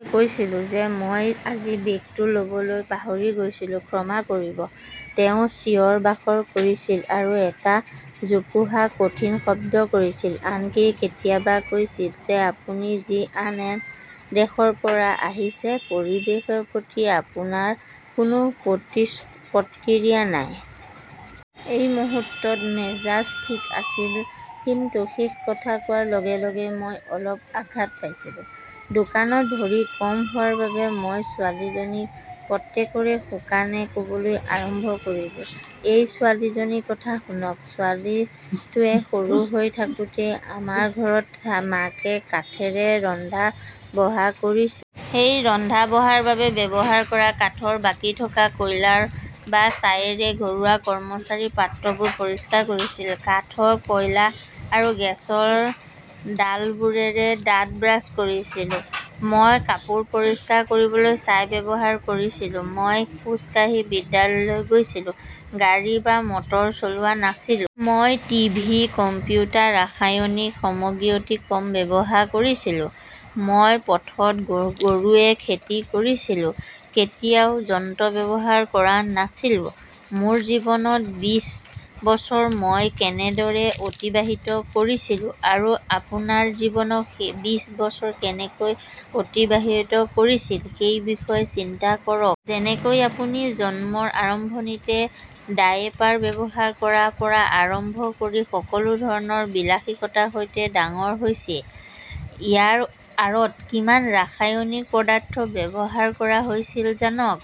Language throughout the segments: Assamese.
মই কৈছিলো যে মই আজি বেগটো লবলৈ পাহৰি গৈছিলো, ক্ষমা কৰিব। তেওঁ চিঞৰ-বাখৰ কৰিছিল আৰু এটা জোপোহা কঠিন শব্দ কৰিছিল। আনকি কেতিয়াবা কৈছিল যে আপুনি যি আন দেশৰ পৰা আহিছে, পৰিৱেশৰ প্ৰতি আপোনাৰ কোনো প্ৰতিক্ৰিয়া নাই। এই মুহূৰ্তত মেজাজ ঠিক আছিল কিন্তু শেষ কথা কোৱাৰ লগে লগে মই অলপ আঘাত পাইছিলো। দোকানত ভিৰ কম হোৱাৰ বাবে মই ছোৱালীজনীক প্ৰত্যেকেই শুনাকে কবলৈ আৰম্ভ কৰিলো। এই ছোৱালীজনীৰ কথা শুনক, ছোৱালীটোৱে সৰু হৈ থাকোতে আমাৰ ঘৰত মাকে কাঠৰে ৰন্ধা-বঢ়া কৰিছিল। সেই ৰন্ধা-বঢ়াৰ বাবে ব্যৱহাৰ কৰা কাঠৰ বাকী থকা কয়লা বা ছাইৰে ঘৰুৱা কৰ্মচাৰীয়ে পাত্ৰবোৰ পৰিষ্কাৰ কৰিছিল। কাঠৰ কয়লা আৰু গছৰ ডালবোৰেৰে দাঁত ব্ৰাছ কৰিছো। মই কাপোৰ পৰিষ্কাৰ কৰিবলৈ ছাই ব্যৱহাৰ কৰিছিলো। মই খোজ কাঢ়ি বিদ্যালয়লৈ গৈছিলো, গাড়ী বা মটৰ চলোৱা নাছিলো। মই টি.ভি., কম্পিউটাৰ, ৰাসায়নিক সামগ্ৰীৰ অতি কম ব্যৱহাৰ কৰিছিলো। মই পথাৰত গৰুৰে খেতি কৰিছিলো, কেতিয়াও যন্ত্ৰ ব্যৱহাৰ কৰা নাছিলো। মোৰ জীৱনৰ বিশ বছৰ মই কেনেদৰে অতিবাহিত কৰিছিলো আৰু আপোনাৰ জীৱনৰ বিশ বছৰ কেনেকৈ অতিবাহিত কৰিছিল সেই বিষয়ে চিন্তা কৰক। যেনেকৈ আপুনি জন্মৰ আৰম্ভণিতে ডায়েপাৰ ব্যৱহাৰ কৰাৰ পৰা আৰম্ভ কৰি সকলো ধৰণৰ বিলাসিতাৰ সৈতে ডাঙৰ হৈছে। ইয়াৰ আঁৰত কিমান ৰাসায়নিক পদাৰ্থ ব্যৱহাৰ কৰা হৈছিল জানক?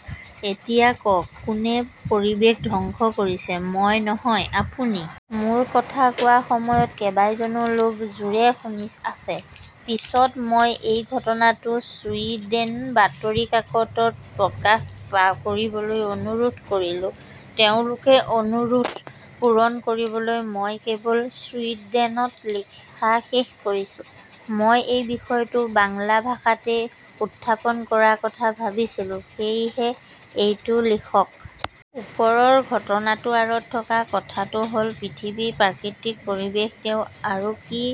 এতিয়া কওক কোনে পৰিৱেশ ধ্বংস কৰিছে, মই নহয় আপুনি? মোৰ কথা কোৱাৰ সময়ত কেইবাজনো লোক জোৰেৰে শুনি আছে। পিছত মই এই ঘটনাটো ছুইডেনৰ বাতৰি কাকতত প্ৰকাশ কৰিবলৈ অনুৰোধ কৰিলো। তেওঁলোকৰ অনুৰোধ পূৰণ কৰিবলৈ মই কেৱল ছুইডেনত লিখা শেষ কৰিছো। মই এই বিষয়টো বাংলা ভাষাতো উত্থাপন কৰাৰ কথা ভাবিছিলো, সেয়েহে এইটো লিখক। ওপৰৰ ঘটনাটোৰ আঁৰত থকা কথাটো হ'ল পৃথিৱীৰ প্ৰাকৃতিক পৰিৱেশ। তেওঁ আৰু কি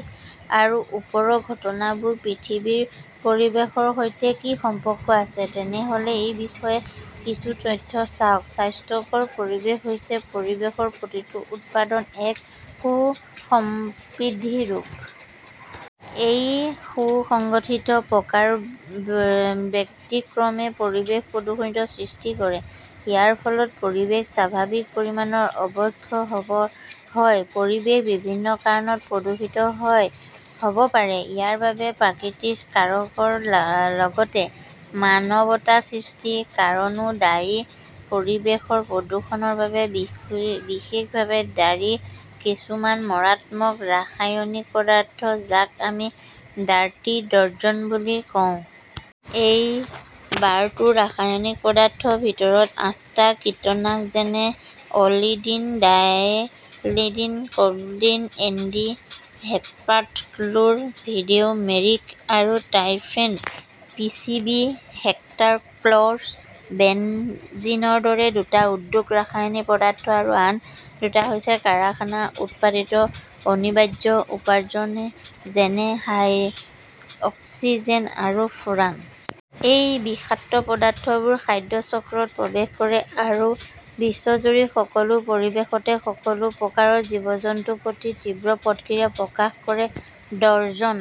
আৰু ওপৰৰ ঘটনাবোৰৰ পৃথিৱীৰ পৰিৱেশৰ সৈতে কি সম্পৰ্ক আছে? তেনেহ'লে এই বিষয়ে কিছু তথ্য চাওক। স্বাস্থ্যকৰ পৰিৱেশ হৈছে পৰিৱেশৰ প্ৰতিটো উপাদানৰ এক সু-সমন্বিত ৰূপ। এই সুসংগঠিত প্ৰকাৰৰ ব্যতিক্ৰমে পৰিৱেশ প্ৰদূষণৰ সৃষ্টি কৰে। ইয়াৰ ফলত পৰিৱেশৰ স্বাভাৱিক পৰিমাণৰ অৱক্ষয় হয়। পৰিৱেশ বিভিন্ন কাৰণত দূষিত হ'ব পাৰে। ইয়াৰ বাবে প্ৰাকৃতিক কাৰকৰ লগতে মানৱসৃষ্ট কাৰণো দায়ী। পৰিৱেশ প্ৰদূষণৰ বাবে বিশেষভাৱে দায়ী কিছুমান মাৰাত্মক ৰাসায়নিক পদাৰ্থ যাক আমি "ডাৰ্টি ডজন" বুলি কওঁ। এই বাৰটা ৰাসায়নিক পদাৰ্থৰ ভিতৰত আঠটা কীটনাশক যেনে aldrin, dieldrin, chlordane, endrin, heptachlor, DDT, mirex, আৰু টক্সাফেন। পিচিবি, হেক্সাক্ল'ৰ বেনজিনৰ দৰে দুটা ঔদ্যোগিক ৰাসায়নিক পদাৰ্থ আৰু আন দুটা হৈছে কাৰখানাত উৎপাদিত অনিবাৰ্য উপজাত যেনে ডাইঅক্সিন আৰু ফুৰান। এই বিষাক্ত পদাৰ্থবোৰে খাদ্য চক্ৰত প্ৰৱেশ কৰে আৰু বিশ্বজুৰি সকলো পৰিৱেশৰ সকলো প্ৰকাৰৰ জীৱ-জন্তুৰ প্ৰতি তীব্ৰ প্ৰতিক্ৰিয়া প্ৰকাশ কৰে। ডজন